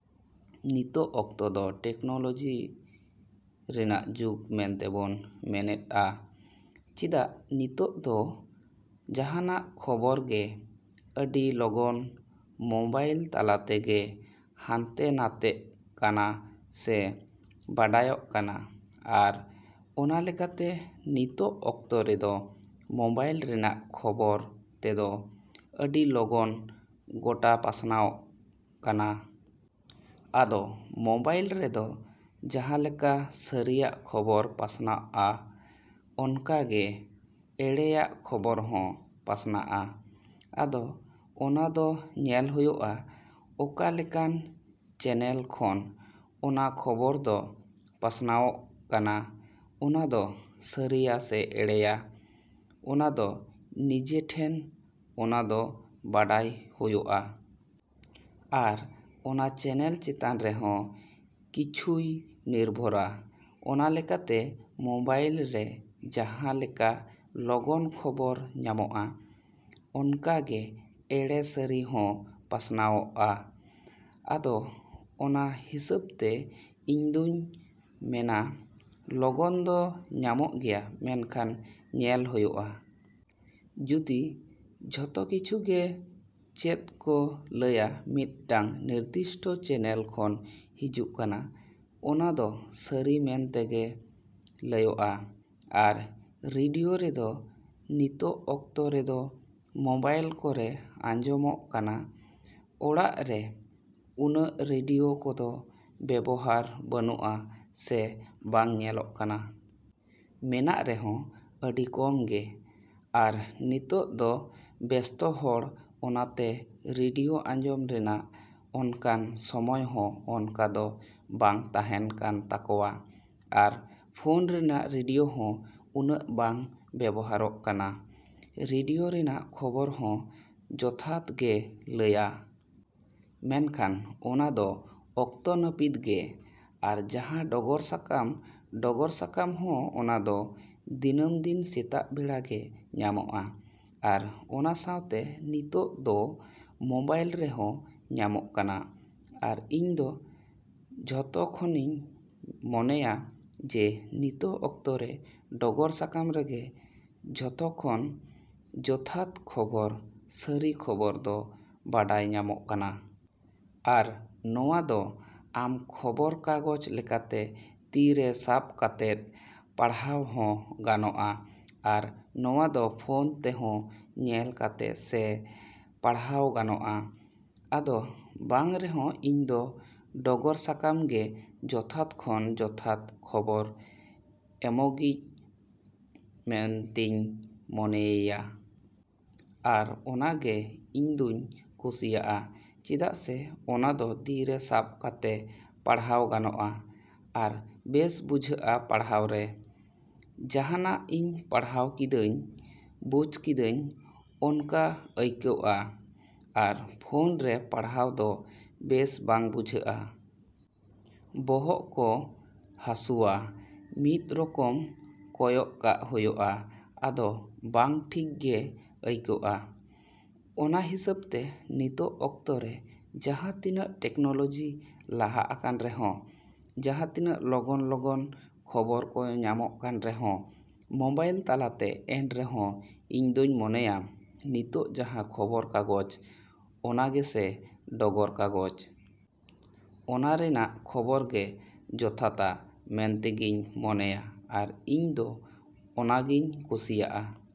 ᱱᱤᱛᱟᱜ ᱚᱠᱛᱚ ᱫᱚ ᱴᱮᱠᱱᱳᱞᱳᱡᱤ ᱨᱮᱱᱟᱜ ᱡᱩᱜᱽ ᱢᱮᱱᱛᱮᱵᱚᱱ ᱢᱮᱱᱮᱫᱼᱟ᱾ ᱪᱮᱫᱟᱜ ᱱᱤᱛᱚᱜ ᱫᱚ ᱡᱟᱦᱟᱸᱱᱟᱜ ᱠᱷᱚᱵᱚᱨ ᱜᱮ ᱟᱹᱰᱤ ᱞᱚᱜᱚᱱ ᱢᱳᱵᱟᱭᱤᱞ ᱛᱟᱞᱟᱛᱮ ᱜᱮ ᱦᱟᱱᱛᱮ ᱱᱟᱛᱮᱜ ᱠᱟᱱᱟ ᱥᱮ ᱵᱟᱰᱟᱭᱚᱜ ᱠᱟᱱᱟ᱾ ᱟᱨ ᱚᱱᱟ ᱞᱮᱠᱟᱛᱮ ᱱᱤᱛᱟᱜ ᱚᱠᱛᱚ ᱨᱮᱫᱚ ᱢᱳᱵᱟᱭᱤᱞ ᱨᱮᱱᱟᱜ ᱠᱷᱚᱵᱚᱨ ᱛᱮᱫᱚ ᱟᱹᱰᱤ ᱞᱚᱜᱚᱱ ᱜᱚᱴᱟ ᱯᱟᱥᱱᱟᱣᱚᱜ ᱠᱟᱱᱟ᱾ ᱟᱫᱚ ᱢᱳᱵᱟᱭᱤᱞ ᱨᱮᱫᱚ, ᱡᱟᱦᱟᱸᱞᱮᱠᱟ ᱥᱟᱹᱨᱤᱭᱟᱜ ᱠᱷᱚᱵᱚᱨ ᱯᱟᱥᱱᱟᱜᱼᱟ, ᱚᱱᱠᱟᱜᱮ ᱮᱲᱮᱭᱟᱜ ᱠᱷᱚᱵᱚᱨ ᱦᱚᱸ ᱯᱟᱥᱱᱟᱜᱼᱟ᱾ ᱟᱫᱚ ᱚᱱᱟ ᱫᱚ ᱧᱮᱞ ᱦᱳᱭᱳᱜᱼᱟ, ᱚᱠᱟ ᱞᱮᱠᱟᱱ ᱪᱮᱱᱮᱞ ᱠᱷᱚᱱ ᱚᱱᱟ ᱠᱷᱚᱵᱚᱨ ᱫᱚ ᱯᱟᱥᱱᱟᱣᱚᱜ ᱠᱟᱱᱟ᱾ ᱚᱱᱟᱫᱚ ᱥᱟᱹᱨᱤᱭᱟ ᱥᱮ ᱮᱲᱮᱭᱟ, ᱚᱱᱟᱫᱚ ᱱᱤᱡᱮ ᱴᱷᱮᱱ ᱚᱱᱟᱫᱚ ᱵᱟᱰᱟᱭ ᱦᱳᱭᱳᱜᱼᱟ᱾ ᱟᱨ ᱚᱱᱟ ᱪᱮᱱᱮᱞ ᱪᱮᱛᱟᱱ ᱨᱮᱦᱚᱸ ᱠᱤᱪᱷᱩᱭ ᱱᱤᱨᱵᱷᱚᱨᱟ᱾ ᱚᱱᱟ ᱞᱮᱠᱟᱛᱮ ᱢᱳᱵᱟᱭᱤᱞ ᱨᱮ ᱡᱟᱦᱟᱸᱞᱮᱠᱟ ᱞᱚᱜᱚᱱ ᱠᱷᱚᱵᱚᱨ ᱧᱟᱢᱚᱜᱼᱟ, ᱚᱱᱠᱟ ᱜᱮ ᱮᱲᱮ ᱥᱟᱹᱨᱤ ᱦᱚᱸ ᱯᱟᱥᱱᱟᱣᱚᱜᱼᱟ᱾ ᱟᱫᱚ ᱚᱱᱟ ᱦᱤᱥᱟᱹᱵ ᱛᱮ ᱤᱧᱫᱩᱧ ᱢᱮᱱᱟ ᱞᱚᱜᱚᱱ ᱫᱚ ᱧᱟᱢᱚᱜ ᱜᱮᱭᱟ ᱢᱮᱱᱠᱷᱟᱱ ᱧᱮᱞ ᱦᱳᱭᱳᱜᱼᱟ᱾ ᱡᱩᱫᱤ ᱡᱷᱚᱛᱚ ᱠᱤᱪᱷᱩᱜᱮ ᱪᱮᱫ ᱠᱚ ᱞᱟᱹᱭᱟ ᱢᱤᱫᱴᱟᱝ ᱱᱤᱨᱫᱤᱥᱴᱚ ᱪᱮᱱᱮᱞ ᱠᱷᱚᱱ ᱦᱤᱡᱩᱜ ᱠᱟᱱᱟ, ᱚᱱᱟ ᱫᱚ ᱥᱟᱹᱨᱤ ᱢᱮᱱ ᱛᱮᱜᱮ ᱞᱟᱹᱭᱚᱜᱼᱟ᱾ ᱟᱨ ᱨᱮᱰᱤᱭᱳ ᱨᱮᱫᱚ ᱱᱤᱛᱟᱜ ᱚᱠᱛᱚ ᱨᱮᱫᱚ ᱢᱳᱵᱟᱭᱤᱞ ᱠᱚᱨᱮ ᱟᱸᱡᱚᱢᱚᱜ ᱠᱟᱱᱟ᱾ ᱚᱲᱟᱜ ᱨᱮ ᱩᱱᱟᱹᱜ ᱨᱮᱰᱤᱭᱳ ᱠᱚᱫᱚ ᱵᱮᱵᱚᱦᱟᱨ ᱵᱟᱹᱱᱩᱜᱼᱟ, ᱥᱮ ᱵᱟᱝ ᱧᱮᱞᱚᱜ ᱠᱟᱱᱟ᱾ ᱢᱮᱱᱟᱜ ᱨᱮᱦᱚᱸ ᱟᱹᱰᱤ ᱠᱚᱢ ᱜᱮ᱾ ᱟᱨ ᱱᱤᱛᱳᱜ ᱫᱚ ᱵᱮᱥᱛᱚ ᱦᱚᱲ ᱚᱱᱟᱛᱮ ᱨᱮᱰᱤᱭᱳ ᱟᱸᱡᱚᱢ ᱨᱮᱱᱟᱜ ᱚᱱᱠᱟᱱ ᱥᱚᱢᱚᱭ ᱦᱚᱸ ᱚᱱᱠᱟ ᱫᱚ ᱵᱟᱝ ᱛᱟᱦᱮᱸᱱ ᱠᱟᱱ ᱛᱟᱠᱚᱣᱟ᱾ ᱟᱨ ᱯᱷᱳᱱ ᱨᱮᱱᱟᱜ ᱨᱮᱰᱤᱭᱳ ᱦᱚᱸ ᱩᱱᱟᱹᱜ ᱵᱟᱝ ᱵᱮᱵᱚᱦᱟᱨᱚᱜ ᱠᱟᱱᱟ᱾ ᱨᱮᱰᱤᱭᱳ ᱨᱮᱱᱟᱜ ᱠᱷᱚᱵᱚᱨ ᱦᱚᱸ ᱡᱚᱛᱷᱟᱛ ᱜᱮᱠᱚ ᱞᱟᱹᱭᱟ᱾ ᱢᱮᱱᱠᱷᱟᱱ ᱚᱱᱟ ᱫᱚ ᱚᱠᱛᱚ ᱱᱟᱹᱯᱤᱛ ᱜᱮ᱾ ᱟᱨ ᱡᱟᱦᱟᱸ ᱰᱚᱜᱚᱨ ᱥᱟᱠᱟᱢ, ᱰᱚᱜᱚᱨ ᱥᱟᱠᱟᱢ ᱦᱚᱸ ᱚᱱᱟᱫᱚ ᱫᱤᱱᱟᱹᱢ ᱫᱤᱱ ᱥᱮᱛᱟᱜ ᱵᱮᱲᱟ ᱜᱮ ᱧᱟᱢᱚᱜᱼᱟ᱾ ᱟᱨ ᱚᱱᱟ ᱥᱟᱶᱛᱮ ᱱᱤᱛᱳᱜ ᱫᱚ ᱢᱳᱵᱟᱭᱤᱞ ᱨᱮᱦᱚᱸ ᱧᱟᱢᱚᱜ ᱠᱟᱱᱟ᱾ ᱟᱨ ᱤᱧ ᱫᱚ ᱡᱷᱚᱛᱚ ᱠᱷᱚᱱᱤᱧ ᱢᱚᱱᱮᱭᱟ ᱡᱮ ᱱᱤᱛᱟᱜ ᱚᱠᱛᱚ ᱨᱮ ᱰᱚᱜᱚᱨ ᱥᱟᱠᱟᱢ ᱨᱮᱜᱮ ᱡᱷᱚᱛᱚ ᱠᱷᱚᱱ ᱡᱚᱛᱷᱟᱛ ᱠᱷᱚᱵᱚᱨ ᱥᱟᱹᱨᱤ ᱠᱷᱚᱵᱚᱨ ᱫᱚ ᱵᱟᱰᱟᱭ ᱧᱟᱢᱚᱜ ᱠᱟᱱᱟ᱾ ᱟᱨ ᱱᱚᱣᱟ ᱫᱚ ᱟᱢ ᱠᱷᱚᱵᱚᱨ ᱠᱟᱜᱚᱡ ᱞᱮᱠᱟᱛᱮ ᱛᱤ ᱨᱮ ᱥᱟᱵ ᱠᱟᱛᱮᱫ ᱯᱟᱲᱦᱟᱣ ᱦᱚᱸ ᱜᱟᱱᱚᱜᱼᱟ᱾ ᱟᱨ ᱱᱚᱣᱟ ᱫᱚ ᱯᱷᱳᱱ ᱛᱮᱦᱚᱸ ᱧᱮᱞ ᱠᱟᱛᱮ ᱥᱮ ᱯᱟᱲᱦᱟᱣ ᱜᱟᱱᱚᱜᱼᱟ᱾ ᱟᱫᱚ ᱵᱟᱝ ᱨᱮᱦᱚᱸ ᱤᱧ ᱫᱚ ᱰᱚᱜᱚᱨ ᱥᱟᱠᱟᱢ ᱜᱮ ᱡᱷᱚᱛᱚ ᱠᱷᱚᱱ ᱡᱚᱛᱷᱟᱛ ᱠᱷᱚᱵᱚᱨ ᱮᱢᱚᱜᱤᱡ ᱢᱮᱱᱛᱤᱧ ᱢᱚᱱᱮᱭᱮᱭᱟ᱾ ᱟᱨ ᱚᱱᱟ ᱜᱮ ᱤᱧ ᱫᱩᱧ ᱠᱩᱥᱤᱭᱟᱜᱼᱟ᱾ ᱪᱮᱫᱟᱜ ᱥᱮ ᱚᱱᱟ ᱫᱚ ᱛᱤ ᱨᱮ ᱥᱟᱵ ᱠᱟᱛᱮ ᱯᱟᱲᱦᱟᱣ ᱜᱟᱱᱚᱜᱼᱟ᱾ ᱟᱨ ᱵᱮᱥ ᱵᱩᱡᱷᱟᱹᱜᱼᱟ ᱯᱟᱲᱦᱟᱣ ᱨᱮ᱾ ᱡᱟᱦᱟᱸᱱᱟᱜ ᱤᱧ ᱯᱟᱲᱦᱟᱣ ᱠᱤᱫᱟᱹᱧ, ᱵᱩᱡ ᱠᱤᱫᱟᱹᱧ ᱚᱱᱠᱟ ᱟᱹᱭᱠᱟᱹᱜᱼᱟ᱾ ᱟᱨ ᱯᱷᱳᱱ ᱨᱮ ᱯᱟᱲᱦᱟᱣ ᱫᱚ ᱵᱮᱥ ᱵᱟᱝ ᱵᱩᱡᱷᱟᱹᱜᱼᱟ᱾ ᱵᱚᱦᱚᱜ ᱠᱚ ᱦᱟᱹᱥᱩᱣᱟ, ᱢᱤᱫ ᱨᱚᱠᱚᱢ ᱠᱚᱭᱚᱜ ᱠᱟᱜ ᱦᱳᱭᱳᱜᱼᱟ᱾ ᱟᱫᱚ ᱵᱟᱝ ᱴᱷᱤᱠ ᱜᱮ ᱟᱹᱭ ᱠᱟᱹᱜᱼᱟ᱾ ᱚᱱᱟ ᱦᱤᱸᱥᱟᱹᱵ ᱛᱮ ᱱᱤᱛᱟᱜ ᱚᱠᱛᱚ ᱨᱮ ᱡᱟᱦᱟᱸ ᱛᱤᱱᱟᱹᱜ ᱴᱮᱠᱱᱳᱞᱳᱡᱤ ᱞᱟᱦᱟ ᱟᱠᱟᱱ ᱨᱮᱦᱚᱸ ᱡᱟᱦᱟᱸᱛᱤᱱᱟᱹᱜ ᱞᱚᱜᱚᱱ-ᱞᱚᱜᱚᱱ ᱠᱷᱚᱵᱚᱨ ᱠᱚ ᱧᱟᱢᱚᱜ ᱠᱟᱱ ᱨᱮᱦᱚᱸ ᱢᱳᱵᱟᱭᱤᱞ ᱛᱟᱞᱟᱛᱮ ᱮᱱᱨᱮᱦᱚᱸ ᱤᱧᱫᱩᱧ ᱢᱚᱱᱮᱭᱟ, ᱱᱤᱛᱳᱜ ᱡᱟᱦᱟᱸ ᱠᱷᱚᱵᱚᱨ ᱠᱟᱜᱚᱡ, ᱚᱱᱟᱜᱮᱥᱮ ᱰᱚᱜᱚᱨ ᱠᱟᱜᱚᱡ᱾ ᱚᱱᱟ ᱨᱮᱱᱟᱜ ᱠᱷᱚᱵᱚᱨ ᱜᱮ ᱡᱚᱛᱷᱟᱛᱟ ᱢᱮᱱᱛᱮᱜᱤᱧ ᱢᱚᱱᱮᱭᱟ ᱟᱨ ᱤᱧ ᱫᱚ ᱚᱱᱟᱜᱤᱧ ᱠᱩᱥᱤᱭᱟᱜᱼᱟ।